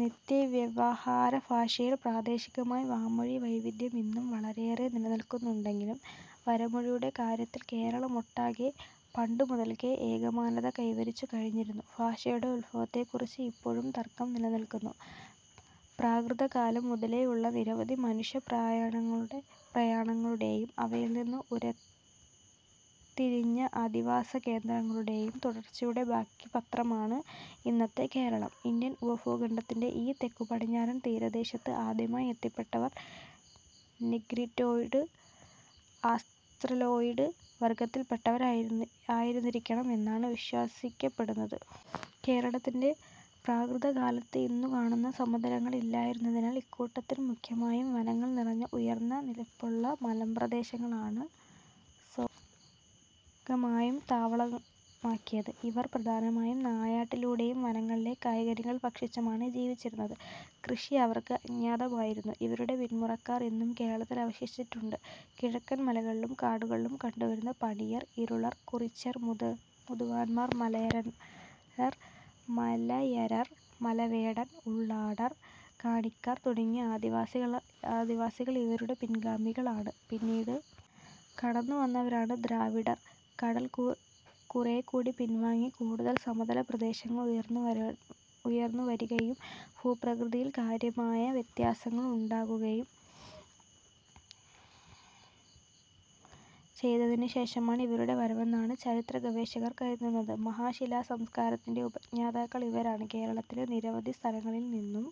നിത്യവ്യവഹാരഭാഷയിൽ പ്രാദേശികമായി വാമൊഴി വൈവിധ്യം ഇന്നും വളരെയേറെ നിലനിൽക്കുന്നുണ്ടെങ്കിലും വരമൊഴിയുടെ കാര്യത്തിൽ കേരളമൊട്ടാകെ പണ്ടുമുതൽക്കേ ഏകമാനത കൈവരിച്ചുകഴിഞ്ഞിരുന്നു. ഭാഷയുടെ ഉത്ഭവത്തെക്കുറിച്ച് ഇപ്പോഴും തർക്കം നിലനിൽക്കുന്നു. പ്രാകൃതകാലം മുതലേയുള്ള നിരവധി മനുഷ്യപ്രയാണങ്ങളുടെയും അവയിൽനിന്ന് ഉരുത്തിരിഞ്ഞ അധിവാസകേന്ദ്രങ്ങളുടെയും തുടർച്ചയുടെ ബാക്കിപത്രമാണ് ഇന്നത്തെ കേരളം. ഇന്ത്യൻ ഉപഭൂഖണ്ഡത്തിൻ്റെ ഈ തെക്കുപടിഞ്ഞാറൻ തീരദേശത്ത് ആദ്യമായി എത്തിപ്പെട്ടവർ നെഗ്രിറ്റോയ്ഡ് ആസ്ത്രലോയ്ഡ് വർഗത്തിൽപ്പെട്ടവരായിരുന്നിരിക്കണം എന്നാണ് വിശ്വസിക്കപ്പെടുന്നത്. കേരളത്തിൻ്റെ പ്രാകൃതകാലത്ത് ഇന്നുകാണുന്ന സമതലങ്ങൾ ഇല്ലാതിരുന്നതിനാൽ ഇക്കൂട്ടർ മുഖ്യമായും വനങ്ങൾ നിറഞ്ഞ ഉയർന്ന നിരപ്പിലുള്ള മലമ്പ്രദേശങ്ങളാണ് സ്വാഭാവികമായും താവളമാക്കിയത്. ഇവർ പ്രധാനമായും നായാട്ടിലൂടെയും വനങ്ങളിലെ കായ്കനികൾ ഭക്ഷിച്ചുമാണ് ജീവിച്ചിരുന്നത്. കൃഷി അവർക്ക് അജ്ഞാതമായിരുന്നു. ഇവരുടെ പിന്മുറക്കാർ ഇന്നും കേരളത്തിൽ അവശേഷിച്ചിട്ടുണ്ട്. കിഴക്കൻ മലകളിലും കാടുകളിലും കണ്ടുവരുന്ന പണിയർ, ഇരുളർ, കുറിച്യർ, മുതുവാന്മാർ, മലയരയർ, മലവേടർ, ഉള്ളാടർ, കാണിക്കാർ തുടങ്ങിയ ആദിവാസികൾ ഇവരുടെ പിൻഗാമികളാണ്. പിന്നീട് കടന്നുവന്നവരാണ് ദ്രാവിഡർ. കടൽ കുറേക്കൂടി പിൻവാങ്ങി കൂടുതൽ സമതലപ്രദേശങ്ങൾ ഉയർന്നുവരികയും ഭൂപ്രകൃതിയിൽ കാര്യമായ വ്യത്യാസങ്ങൾ ഉണ്ടാകുകയും ചെയ്തതിനുശേഷമാണ് ഇവരുടെ വരവെന്നാണ് ചരിത്രഗവേഷകർ കരുതുന്നത്. മഹാശിലാസംസ്കാരത്തിൻ്റെ ഉപജ്ഞാതാക്കൾ ഇവരാണ്. കേരളത്തിലെ നിരവധി സ്ഥലങ്ങളിൽ നിന്നും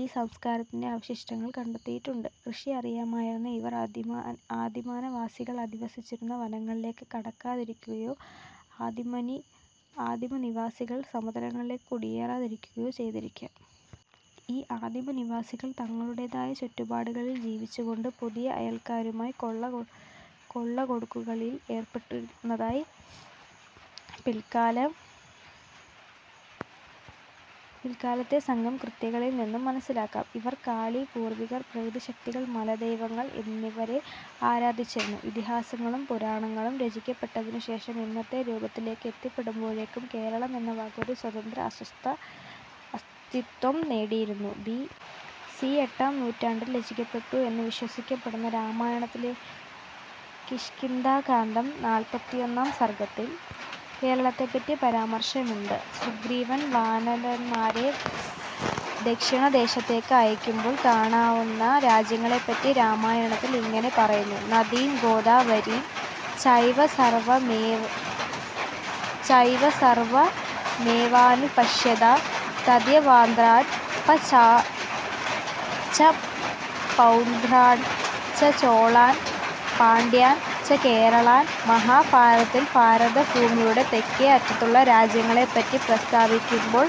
ഈ സംസ്കാരത്തിൻ്റെ അവശിഷ്ടങ്ങൾ കണ്ടെടുത്തിട്ടുണ്ട്. കൃഷി അറിയാമായിരുന്ന ഇവർ ആദിമനിവാസികൾ അധിവസിച്ചിരുന്ന വനങ്ങളിലേക്ക് കടക്കാതിരിക്കുകയോ ആദിമനിവാസികൾ സമതലങ്ങളിലേക്ക് കുടിയേറാതിരിക്കുകയോ ചെയ്തിരിക്കാം. ഈ ആദിമനിവാസികൾ തങ്ങളുടേതായ ചുറ്റുപാടുകളിൽ ജീവിച്ചുകൊണ്ട് പുതിയ അയൽക്കാരുമായി കൊള്ളക്കൊടുക്കകളിൽ ഏർപ്പെട്ടിരുന്നതായി പിൽക്കാലത്തെ സംഘം കൃതികളിൽ നിന്ന് മനസ്സിലാക്കാം. ഇവർ കാളി, പൂർവികർ, പ്രകൃതിശക്തികൾ, മലദൈവങ്ങൾ എന്നിവരെ ആരാധിച്ചിരുന്നു. ഇതിഹാസങ്ങളും പുരാണങ്ങളും രചിക്കപ്പെട്ടതിനുശേഷം ഇന്നത്തെ രൂപത്തിലേക്ക് എത്തിപ്പെടുമ്പോഴേക്കും കേരളം എന്ന വാക്ക് ഒരു സ്വതന്ത്ര അസ്തിത്വം നേടിയിരുന്നു.ബി. സി എട്ടാം നൂറ്റാണ്ടിൽ രചിക്കപ്പെട്ടു എന്ന് വിശ്വസിക്കപ്പെടുന്ന രാമായണത്തിലെ കിഷ്കിന്ധാകാണ്ഡം നാല്പത്തിയൊന്നാം സർഗത്തിൽ കേരളത്തെപ്പറ്റി പരാമർശമുണ്ട്. സുഗ്രീവൻ വാനരന്മാരെ ദക്ഷിണദേശത്തേക്ക് അയക്കുമ്പോൾ കാണാവുന്ന രാജ്യങ്ങളെപ്പറ്റി രാമായണത്തിൽ ഇങ്ങനെ പറയുന്നു. നദീം ഗോദാവരീം ചൈവ സർവമേവാനുപശ്യത തഥൈവാന്ധ്രാൻ ച പൗണ്ഡ്രാൻ ച ചോളാൻ പാണ്ഡ്യാൻ ച കേരളാൻ മഹാഭാരതത്തിൽ ഭാരതഭൂമിയുടെ തെക്കേ അറ്റത്തുള്ള രാജ്യങ്ങളെപ്പറ്റി പ്രസ്താവിക്കുമ്പോൾ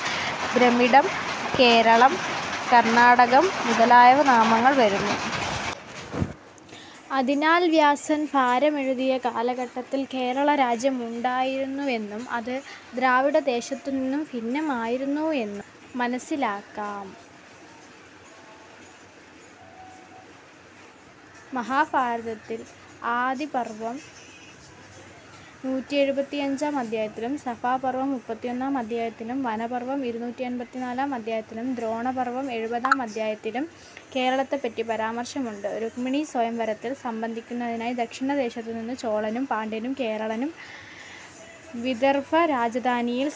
ദ്രമിഡം, കേരളം, കർണാടകം മുതലായ നാമങ്ങൾ വരുന്നു. അതിനാൽ വ്യാസൻ ഭാരതമെഴുതിയ കാലഘട്ടത്തിൽ കേരളരാജ്യമുണ്ടായിരുന്നുവെന്നും അത് ദ്രാവിഡദേശത്തുനിന്നും ഭിന്നമായിരുന്നു എന്നും മനസ്സിലാക്കാം. മഹാഭാരതത്തിൽ ആദിപർവം നൂറ്റിയെഴുപത്തിയഞ്ചാം അധ്യായത്തിലും, സഭാപർവം മുപ്പത്തിയൊന്നാം അധ്യായത്തിലും, വനപർവം ഇരുന്നൂറ്റിയമ്പത്തിനാലാം അധ്യായത്തിലും, ദ്രോണപർവം എഴുപതാം അധ്യായത്തിലും കേരളത്തെപ്പറ്റി പരാമർശമുണ്ട്. രുക്മിണീസ്വയംവരത്തിൽ സംബന്ധിക്കുന്നതിനായി ദക്ഷിണദേശത്തുനിന്നും ചോളനും, പാണ്ഡ്യനും, കേരളനും വിദർഭ രാജധാനിയിൽ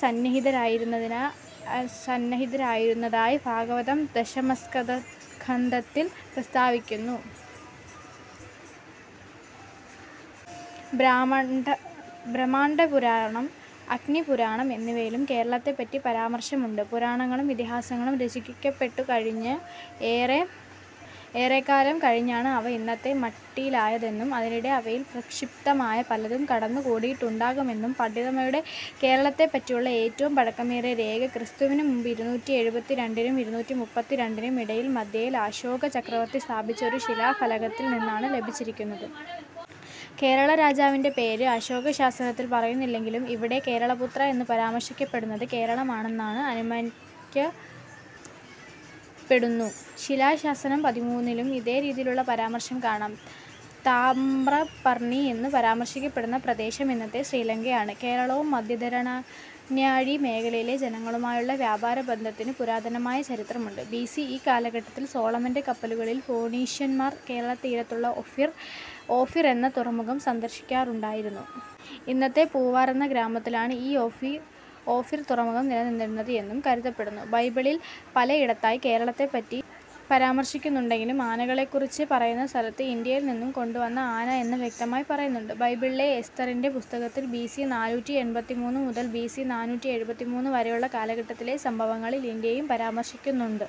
സന്നിഹിതരായിരുന്നതായി ഭാഗവതം ദശമസ്കന്ധത്തിൽ പ്രസ്താവിക്കുന്നു. ബ്രഹ്മാണ്ഡപുരാണം, അഗ്നിപുരാണം എന്നിവയിലും കേരളത്തെപ്പറ്റി പരാമർശമുണ്ട്. പുരാണങ്ങളും ഇതിഹാസങ്ങളും രചിക്കപ്പെട്ടുകഴിഞ്ഞ് ഏറെക്കാലം കഴിഞ്ഞാണ് അവ ഇന്നത്തെ മട്ടിലായതെന്നും അതിനിടെ അവയിൽ പ്രക്ഷിപ്തമായി പലതും കടന്നുകൂടിയിട്ടുണ്ടാകുമെന്നും പണ്ഡിതമതമുണ്ട്. കേരളത്തെപ്പറ്റിയുള്ള ഏറ്റവും പഴക്കമേറിയ രേഖ ക്രിസ്തുവിന് മുമ്പ് ഇരുന്നൂറ്റി എഴുപത്തിരണ്ടിനും ഇരുന്നൂറ്റിമുപ്പത്തിരണ്ടിനും ഇടയിൽ മധ്യേന്ത്യയിൽ അശോകചക്രവർത്തി സ്ഥാപിച്ച ഒരു ശിലാഫലകത്തിൽ നിന്നാണ് ലഭിച്ചിരിക്കുന്നത്. കേരളരാജാവിൻ്റെ പേര്അശോകശാസനത്തിൽ പറയുന്നില്ലെങ്കിലും ഇവിടെ കേരളപുത്ര എന്ന് പരാമർശിക്കപ്പെടുന്നത് കേരളമാണെന്ന് അനുമാനിക്കപ്പെടുന്നു. ശിലാശാസനം പതിമൂന്നിലും ഇതേരീതിയിലുള്ള പരാമർശം കാണാം. താമ്രപർണി എന്ന് പരാമർശിക്കപ്പെടുന്ന പ്രദേശം ഇന്നത്തെ ശ്രീലങ്കയാണ്. കേരളവും മധ്യധരണ്യാഴി മേഖലയിലെ ജനങ്ങളുമായുള്ള വ്യാപാരബന്ധത്തിന് പുരാതനമായ ചരിത്രമുണ്ട്.ബി. സി. ഇ കാലഘട്ടത്തിൽ സോളമൻ്റെ കപ്പലുകളിൽ ഫൊണീഷ്യന്മാർ കേരളതീരത്തുള്ള ഓഫിർ എന്ന തുറമുഖം സന്ദർശിക്കാറുണ്ടായിരുന്നു. ഇന്നത്തെ പൂവാർ എന്ന ഗ്രാമത്തിലാണ് ഈ ഓഫിർ തുറമുഖം നിലനിന്നിരുന്നത് എന്നും കരുതപ്പെടുന്നു. ബൈബിളിൽ പലയിടത്തായി കേരളത്തെപ്പറ്റി പരാമർശിക്കുന്നുണ്ടെങ്കിലും ആനകളെക്കുറിച്ച് പറയുന്ന സ്ഥലത്ത് ഇന്ത്യയിൽ നിന്നും കൊണ്ടുവന്ന ആന എന്ന് വ്യക്തമായി പറയുന്നുണ്ട്. ബൈബിളിലെ എസ്തറിൻ്റെ പുസ്തകത്തിൽ ബി. സി. നാലൂറ്റി എൺപത്തിമൂന്ന് മുതൽ ബി. സി. നാനൂറ്റി എഴുപത്തിമൂന്ന് വരെയുള്ള കാലഘട്ടത്തിലെ സംഭവങ്ങളിൽ ഇന്ത്യയെയും പരാമർശിക്കുന്നുണ്ട്.